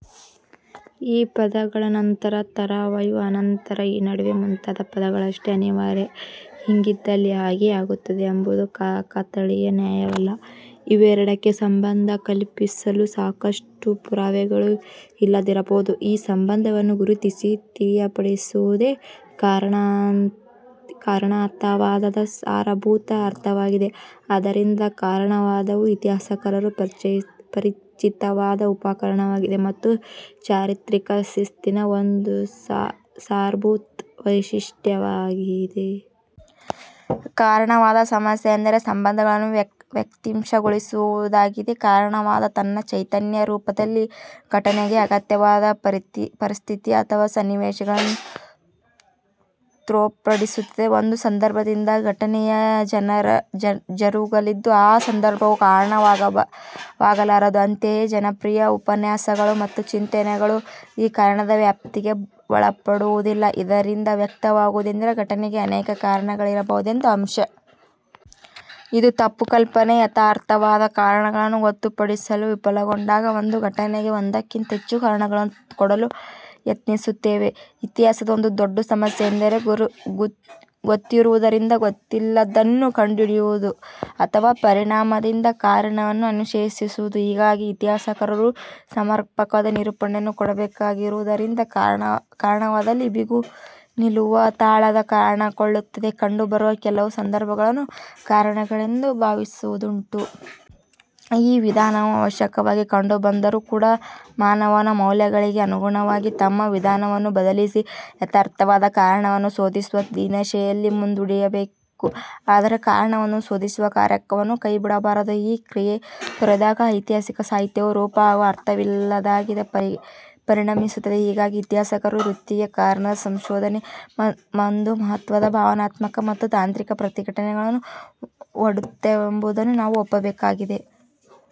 ಈ ಪದಗಳು ನಂತರ, ತರುವಾಯ, ಅನಂತರ, ಈ ನಡುವೆ, ಮುಂತಾದ ಪದಗಳಷ್ಟೇ ಅನಿವಾರ್ಯ. ಹೀಗಿದ್ದಲ್ಲಿ ಹಾಗೆ ಆಗುತ್ತದೆ ಎಂಬುದು ಕಾಕತಾಳೀಯ ನ್ಯಾಯವಲ್ಲ. ಇವೆರಡಕ್ಕೆ ಸಂಬಂಧ ಕಲ್ಪಿಸಲು ಸಾಕಷ್ಟು ಪುರಾವೆಗಳು ಇಲ್ಲದಿರಬಹುದು. ಈ ಸಂಬಂಧವನ್ನು ಗುರುತಿಸಿ ತಿಳಿಯಪಡಿಸುವುದೇ ಕಾರಣತಾವಾದದ ಸಾರಭೂತ ಅರ್ಥವಾಗಿದೆ. ಆದ್ದರಿಂದ ಕಾರಣವಾದವು ಇತಿಹಾಸಕಾರರ ಪರಿಚಿತವಾದ ಉಪಕರಣವಾಗಿದೆ ಮತ್ತು ಚಾರಿತ್ರಿಕ ಶಿಸ್ತಿನ ಒಂದು ಸಾರಭೂತ ವೈಶಿಷ್ಟ್ಯವಾಗಿದೆ. ಕಾರಣವಾದದ ಸಮಸ್ಯೆಯೆಂದರೆ ಸಂಬಂಧಗಳನ್ನು ವ್ಯಕ್ತಿಶಃಗೊಳಿಸುವುದಾಗಿದೆ. ಕಾರಣವಾದವು ತನ್ನ ಚೈತನ್ಯರೂಪದಲ್ಲಿ ಘಟನೆಗೆ ಅಗತ್ಯವಾದ ಪರಿಸ್ಥಿತಿ ಅಥವಾ ಸನ್ನಿವೇಶಗಳನ್ನು ತೋರ್ಪಡಿಸುತ್ತದೆ. ಒಂದು ಸಂದರ್ಭದಿಂದ ಘಟನೆಯು ಜರುಗಿದ್ದಲ್ಲಿ, ಆ ಸಂದರ್ಭವು ಕಾರಣವಾಗಲಾರದು. ಅಂತೆಯೇ, ಜನಪ್ರಿಯ ಉಪನ್ಯಾಸಗಳು ಮತ್ತು ಚಿಂತನೆಗಳು ಈ ಕಾರಣದ ವ್ಯಾಪ್ತಿಗೆ ಒಳಪಡುವುದಿಲ್ಲ. ಇದರಿಂದ ವ್ಯಕ್ತವಾಗುವುದೆಂದರೆ ಘಟನೆಗೆ ಅನೇಕ ಕಾರಣಗಳಿರಬಹುದೆಂಬ ಅಂಶ. ಇದು ತಪ್ಪು ಕಲ್ಪನೆ, ಯಥಾರ್ಥವಾದ ಕಾರಣಗಳನ್ನು ಗೊತ್ತುಪಡಿಸಲು ವಿಫಲಗೊಂಡಾಗ ಒಂದು ಘಟನೆಗೆ ಒಂದಕ್ಕಿಂತ ಹೆಚ್ಚು ಕಾರಣಗಳನ್ನು ಕೊಡಲು ಯತ್ನಿಸುತ್ತೇವೆ. ಇತಿಹಾಸದ ಒಂದು ದೊಡ್ಡ ಸಮಸ್ಯೆ ಎಂದರೆ ಗೊತ್ತಿರುವುದರಿಂದ ಗೊತ್ತಿಲ್ಲದ್ದನ್ನು ಕಂಡುಹಿಡಿಯುವುದು ಅಥವ ಪರಿಣಾಮದಿಂದ ಕಾರಣವನ್ನು ಅನ್ವೇಷಿಸುವುದ. ಹೀಗಾಗಿ ಇತಿಹಾಸಕಾರರು ಸಮರ್ಪಕವಾದ ನಿರೂಪಣೆಯನ್ನು ಕೊಡಬೇಕಾಗಿರುವುದರಿಂದ ಕಾರಣವಾದದಲ್ಲಿ ಬಿಗಿ ನಿಲುವು ತಾಳದೆ ಕಾರಣಗಳುಳ್ಳಂತೆ ಕಂಡುಬರುವ ಕೆಲವು ಸಂದರ್ಭಗಳನ್ನು ಕಾರಣಗಳೆಂದೇ ಭಾವಿಸುವುದುಂಟು. ಈ ವಿಧಾನವು ಅವಶ್ಯಕವಾಗಿ ಕಂಡುಬಂದರೂ ಕೂಡ ಮಾನವನ ಮೌಲ್ಯಗಳಿಗೆ ಅನುಗುಣವಾಗಿ ತಮ್ಮ ವಿಧಾನವನ್ನು ಬದಲಿಸಿ ಯಥಾರ್ಥವಾದ ಕಾರಣವನ್ನು ಶೋಧಿಸುವ ದಿಸೆಯಲ್ಲಿ ಮುಂದಡಿಯಿಡಬೇಕು. ಆದರೆ ಕಾರಣವನ್ನು ಶೋಧಿಸುವ ಕಾರ್ಯವನ್ನು ಕೈಬಿಡಬಾರದು. ಈ ಕ್ರಿಯೆಯನ್ನು ತೊರೆದಾಗ ಐತಿಹಾಸಿಕ ಸಾಹಿತ್ಯವು ರೂಪ ಹಾಗೂ ಅರ್ಥವಿಲ್ಲದ್ದಾಗಿ ಪರಿಣಮಿಸುತ್ತದೆ. ಹೀಗಾಗಿ, ಇತಿಹಾಸಕಾರರ ವೃತ್ತಿಗೆ ಕಾರಣದ ಶೋಧನೆ ಒಂದು ಮಹತ್ವದ ಭಾವನಾತ್ಮಕ ಮತ್ತು ತಾಂತ್ರಿಕ ಪ್ರತಿಭಟನೆಗಳನ್ನು ಒಡ್ಡುತ್ತವೆಂಬುದನ್ನು ನಾವು ಒಪ್ಪಬೇಕಾಗಿದೆ.